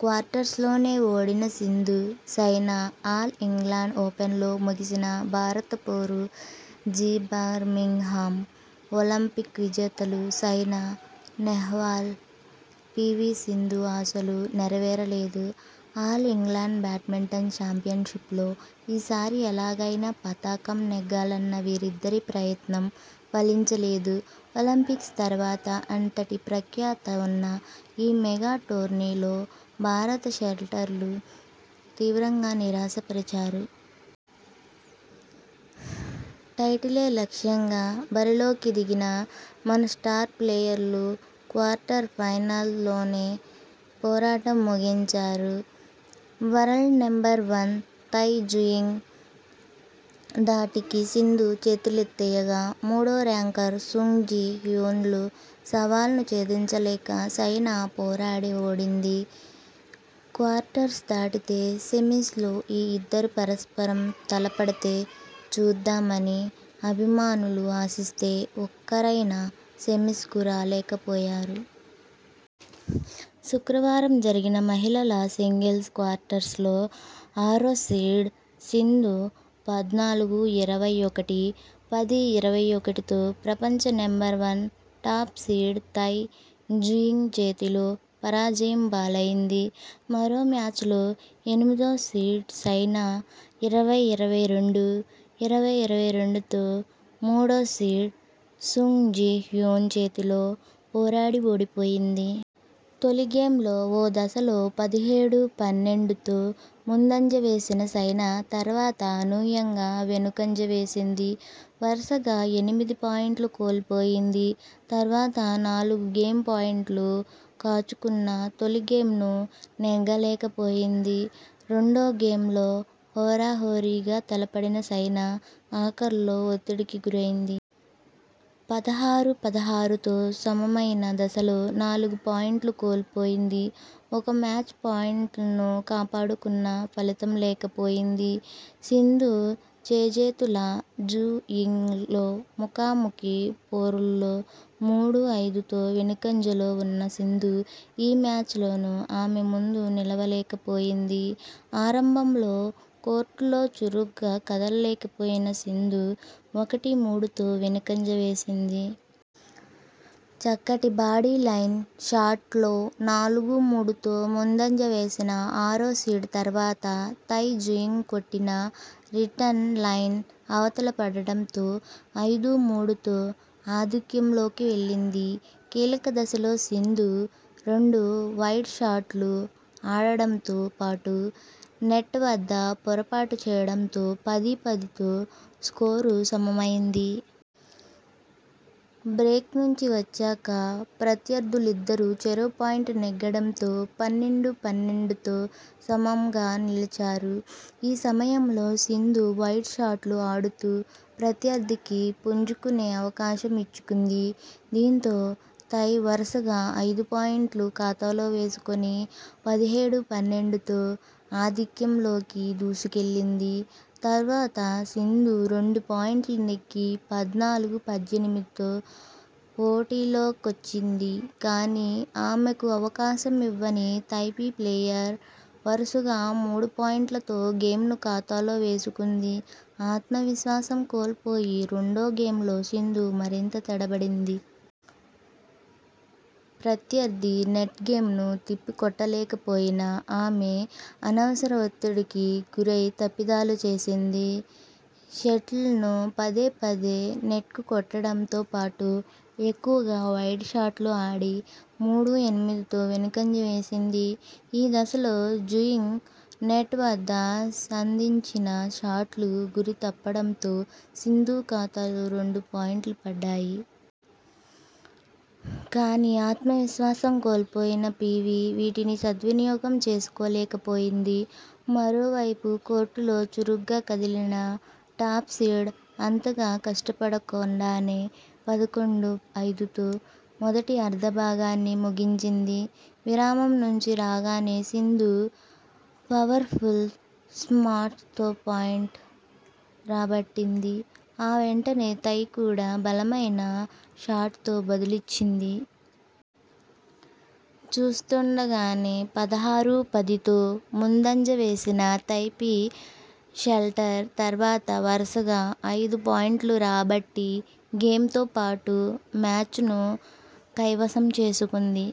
క్వార్టర్స్లోనే ఓడిన Sindhu, Saina all England ఓపెన్లో ముగిసిన భారత పోరు జీబర్మింగ్హామ్ ఒలింపిక్ విజేతలు సైనా నెహ్వాల్, పీవీ సింధు ఆశలు నెరవేరలేదు. ఆల్ ఇంగ్లండ్ బ్యాడ్మింటన్ ఛాంపియన్షిప్ లో ఈ సారి ఎలాగైనా పతకం నెగ్గాలన్న వీరిద్దరి ప్రయత్నం ఫలించలేదు. ఒలింపిక్స్ తర్వాత అంతటి ప్రఖ్యత ఉన్న ఈ మెగా టోర్నీలో భారత షట్లర్లు తీవ్రంగా నిరాశ పరిచారు. టైటిలే లక్ష్యంగా బరిలోకి దిగిన మన స్టార్ ప్లేయర్లు క్వార్టర్ ఫైనల్ ల్లోనే పోరాటం ముగించారు. World number one Tai Tzu-ying ధాటికి సింధు చేతులెత్తేయగా మూడో ర్యాంకర్ సుంగ్ జి హ్యున్లు సవాల్ను ఛేదించలేక సైనా పోరాడి ఓడింది. క్వార్టర్స్ దాటితే సెమిస్ లో ఈ ఇద్దరు పరస్పరం తలపడితే చూద్దామని అభిమానులు ఆశిస్తే ఒక్కరైనా సెమిస్ కు రాలేకపోయారు. శుక్రవారం జరిగిన మహిళల సింగిల్స్ క్వార్టర్స్ లో ఆరో సీడ్ సింధు పద్నాలుగు-ఇరవై ఒకటి, పది-ఇరవై ఒకటితో ప్రపంచ number one, top seed Tai Tzuying చేతిలో పరాజయం పాలైంది మరో మ్యాచ్లో ఎనిమిదో సీడ్ సైనా ఇరవై-ఇరవై రెండు, ఇరవై-ఇరవై రెండుతో మూడో సీడ్ సుంగ్ జి హ్యున్ చేతిలో పోరాడి ఓడిపోయింది. తొలి గేమ్లో ఓ దశలో పదిహేడు-పన్నెండుతో ముందంజ వేసిన సైనా తర్వాత అనూహ్యంగా వెనుకంజ వేసింది. వరుసగా ఎనిమిది పాయుంట్లు కోల్పోయింది. తర్వాత నాలుగు గేమ్ పాయింట్లు కాచుకున్నా తొలి గేమ్ ను నెగ్గలేకపోయింది. రెండో గేమ్లో హోరాహోరీగా తలపడిన సైనా ఆఖర్లో ఒత్తిడికి గురైంది. పదహారు-పదహారుతో సమమైన దశలో నాలుగు పాయింట్లు కోల్పోయింది. ఒక మ్యాచ్ పాయింట్ను కాపాడుకున్నా ఫలితం లేకపోయింది. సింధు చేజేతులా జు యింగ్లో ముఖాముఖీ పోరుల్లో మూడు-ఐదుతో వెనుకంజలో ఉన్న సింధు ఈ మ్యాచ్లోనూ ఆమె ముందు నిలువలేకపోయింది. ఆరంభంలో కోర్టులో చురుగ్గా కదల్లేకపోయిన సింధు ఒకటి-మూడుతో వెనుకంజ వేసింది. చక్కటి బాడీలైన్ షాట్ లో నాలుగు-మూడుతో ముందంజ వేసిన ఆరోసీడ్ తర్వాత తై జయింగ్ కొట్టిన రిటర్న్ లైన్ అవతల పడడంతో ఐదు-మూడుతో ఆధిక్యంలోకి వెళ్లింది. కీలక దశలో సింధు రెండు వైడ్ షాట్లు ఆడడంతో పాటు నెట్ వద్ద పొరపాటు చేయడంతో పది-పదితో స్కోరు సమమైంది. బ్రేక్ నుంచి వచ్చాక ప్రత్యర్థులిద్దరూ చెరో పాయింట్ నెగ్గడంతో పన్నెండు-పన్నెండుతో సమంగా నిలిచారు. ఈ సమయంలో సింధు వైడ్ షాట్లు ఆడుతూ ప్రత్యర్థికి పుంజుకునే అవకాశం ఇచ్చుకుంది. దీంతో తై వరుసగా ఐదు పాయింట్లు ఖాతాలో వేసుకొని పదిహేడు-పన్నెండుతో ఆధిక్యంలోకి దూసుకెళ్లింది. తర్వాత సింధు రెండు పాయింట్లు నెగ్గి పద్నాలుగు-పద్దెనిమిదితో పోటీలోకొచ్చింది కానీ, ఆమెకు అవకాశం ఇవ్వని తైపీ ప్లేయర్ వరుసగా మూడు పాయింట్లతో గేమ్ ను ఖాతాలో వేసుకుంది ఆత్మవిశ్వాసం కోల్పోయి రెండో గేమ్లో సింధు మరింత తడబడింది. ప్రత్యర్థి నెట్ గేమ్ ను తిప్పికొట్టలేకపోయిన ఆమె అనవసర ఒత్తిడికి గురై తప్పిదాలు చేసింది. షటిల్ను పదే పదే నెట్కు కొట్టడంతో పాటు ఎక్కువగా వైడ్ షాట్లు ఆడి మూడు-ఎనిమిదితో వెనుకంజ వేసింది ఈ దశలో జు యింగ్ నెట్ వద్ద సంధించిన షాట్లు గురి తప్పడంతో సింధు ఖాతాలో రెండు పాయింట్లు పడ్డాయి. కానీ, ఆత్మవిశ్వాసం కోల్పోయిన పీవీ వీటిని సద్వినియోగం చేసుకోలేకపోయింది. మరోవైపు కోర్టులో చురుగ్గా కదిలిన టాప్ సీడ్ అంతగా కష్టపడకుండానే పదకొండు-ఐదుతో మొదటి అర్ధ భాగాన్ని ముగించింది విరామం నుంచి రాగానే సింధు పవర్ఫుల్ స్మార్ట్ తో పాయింట్ రాబట్టింది. ఆ వెంటనే తై కూడా బలమైన షాట్తో బదులిచ్చింది. చూస్తుండగానే పదహారు-పదితో ముందంజ వేసిన తైపీ షల్టర్ తర్వాత వరుసగా ఐదు పాయింట్లు రాబట్టి గేమ్ తో పాటు మ్యాచ్నూ కైవసం చేసుకుంది